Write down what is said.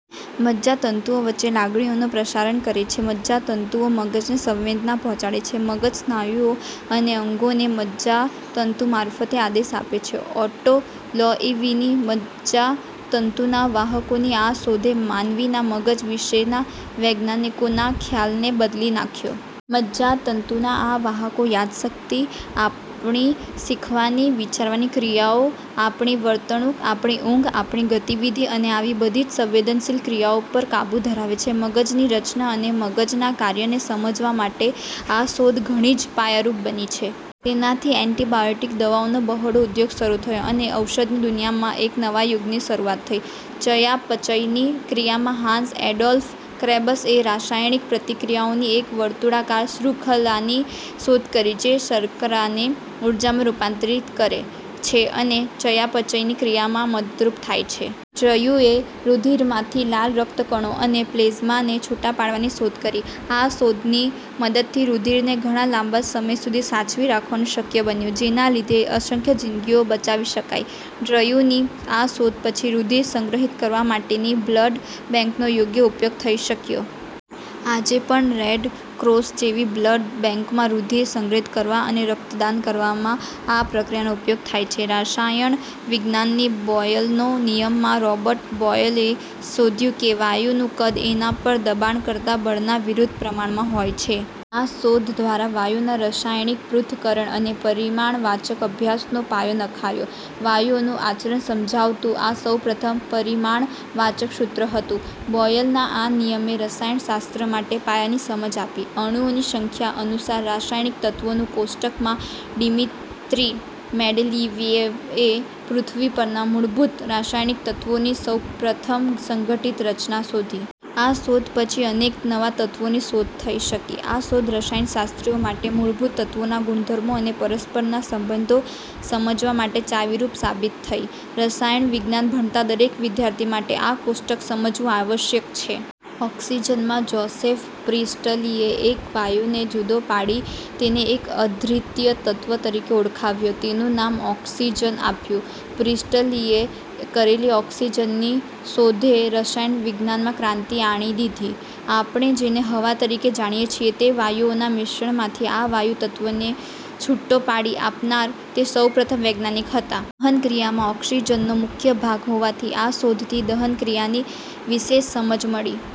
મજજા તંતુઓ વચ્ચે લાગણીઓનું પ્રસારણ કરે છે. મજજાતંતુઓ મગજને સંવેદના પહોંચાડે છે. મગજ સ્નાયુઓ અને અંગોને મજ્જાતંતુ મારફતે આદેશ આપે છે. ઓટ્ટો લોએવીની મજજાતંતુના વાહકોની આ શોધે માનવીના મગજ વિષેના વૈજ્ઞાનિકોના ખ્યાલને બદલી નાંખ્યો. મજ્જાતંતુના આ વાહકો યાદશક્તિ, આપણી શીખવાની, વિચારવાની ક્રિયાઓ, આપણી વર્તણુક, આપણી ઊંઘ, આપણી ગતિવિધિ અને આવી બધી જ સંવેદનશીલ ક્રિયાઓ પર કાબુ ધરાવે છે. મગજની રચના અને મગજના કાર્યને સમજવા માટે આ શોધ ઘણી જ પાયારૂપ બની. તેનાથી એન્ટિબાયોટિક દવાઓનો બહોળો ઉદ્યોગ શરુ થયો અને ઔષધની દુનિયામાં એક નવા યુગની શરૂઆત થઇ. ચયાપચયની ક્રિયા માં હાન્સ એડોલ્ફ ક્રેબ્સએ રસાયણિક પ્રતિક્રિયાઓની એક વર્તુળાકાર શ્રુંખલાની શોધ કરી જે શર્કરાને ઊર્જામાં રૂપાંતરિત કરે છે અને ચયાપચયની ક્રિયામાં મદદરૂપ થાય છે. ડ્રયુએ, રુધિરમાંથી લાલ રક્તકણો અને પ્લેઝમાને છુટા પાડવાની શોધ કરી. આ શોધની મદદથી રુધિરને ઘણા લાંબા સમય સુધી સાચવી રાખવાનું શક્ય બન્યું જેના લીધે અસંખ્ય જીન્દગીઓ બચાવી શકાઇ. ડ્રયુની આ શોધ પછી રુધિર સંગ્રહિત કરવા માટેની બ્લડ બેંકનો યોગ્ય ઉપયોગ થઇ શક્યો. આજે પણ રેડક્રોસ જેવી બ્લડ બેંકમાં રુધિર સંગ્રહિત કરવા અને રક્તદાન કરવામાં આ પ્રક્રિયાનો ઉપયોગ થાય છે. રસાયણ વિજ્ઞાનની બોયલનો નિયમ માં રોબર્ટ બોયલએ શોધ્યું કે વાયુનું કદ એના પર દબાણ કરતા બળના વિરુદ્ધ પ્રમાણમાં હોય છે. આ શોધ દ્વારા વાયુઓના રસાયણિક પૃથક્કરણ અને પરિમાણવાચક અભ્યાસનો પાયો નંખાયો. વાયુઓનું આચરણ સમજાવતું આ સૌપ્રથમ પરિમાણવાચક સૂત્ર હતું. બોયલના આ નિયમે રસાયણશાસ્ત્ર માટે પાયાની સમજ આપી. અણુઓની સંખ્યા અનુસાર રસાયણિક તત્વોનું કોષ્ટક માં ડીમીત્રી મેન્ડેલીયેવએ પૃથ્વી પરના મૂળભૂત રસાયણિક તત્વોની સૌપ્રથમ સંઘટિત રચના શોધી. આ શોધ પછી અનેક નવા તત્વોની શોધ થઇ શકી. આ શોધ રસાયણશાસ્ત્રીઓ માટે મૂળભૂત તત્વોના ગુણધર્મો અને પરસ્પરના સંબંધો સમજવા માટે ચાવીરૂપ સાબિત થઇ. રસાયણવિજ્ઞાન ભણતા દરેક વિદ્યાર્થી માટે આ કોષ્ટક સમજવું આવશ્યક છે. ઓકસીજન માં જોસેફ પ્રિસ્ટલીએ એક વાયુને જુદો પાડી તેને એક અદ્વિતીય તત્વ તરીકે ઓળખાવ્યો. તેનું નામ ઓકસીજન આપ્યું. પ્રિસ્ટલીએ કરેલી ઓકસીજનની શોધે રસાયણ વિજ્ઞાનમાં ક્રાંતિ આણી દીધી. આપણે જેને "હવા" તરીકે જાણીએ છીએ તે વાયુઓના મિશ્રણમાંથી આ વાયુ તત્વને છૂટો પાડી આપનાર તે સૌપ્રથમ વૈજ્ઞાનિક હતા. દહનક્રિયામાં ઓકસીજનનો મુખ્ય ભાગ હોવાથી આ શોધથી દહનક્રિયાની વિશેષ સમજ મળી.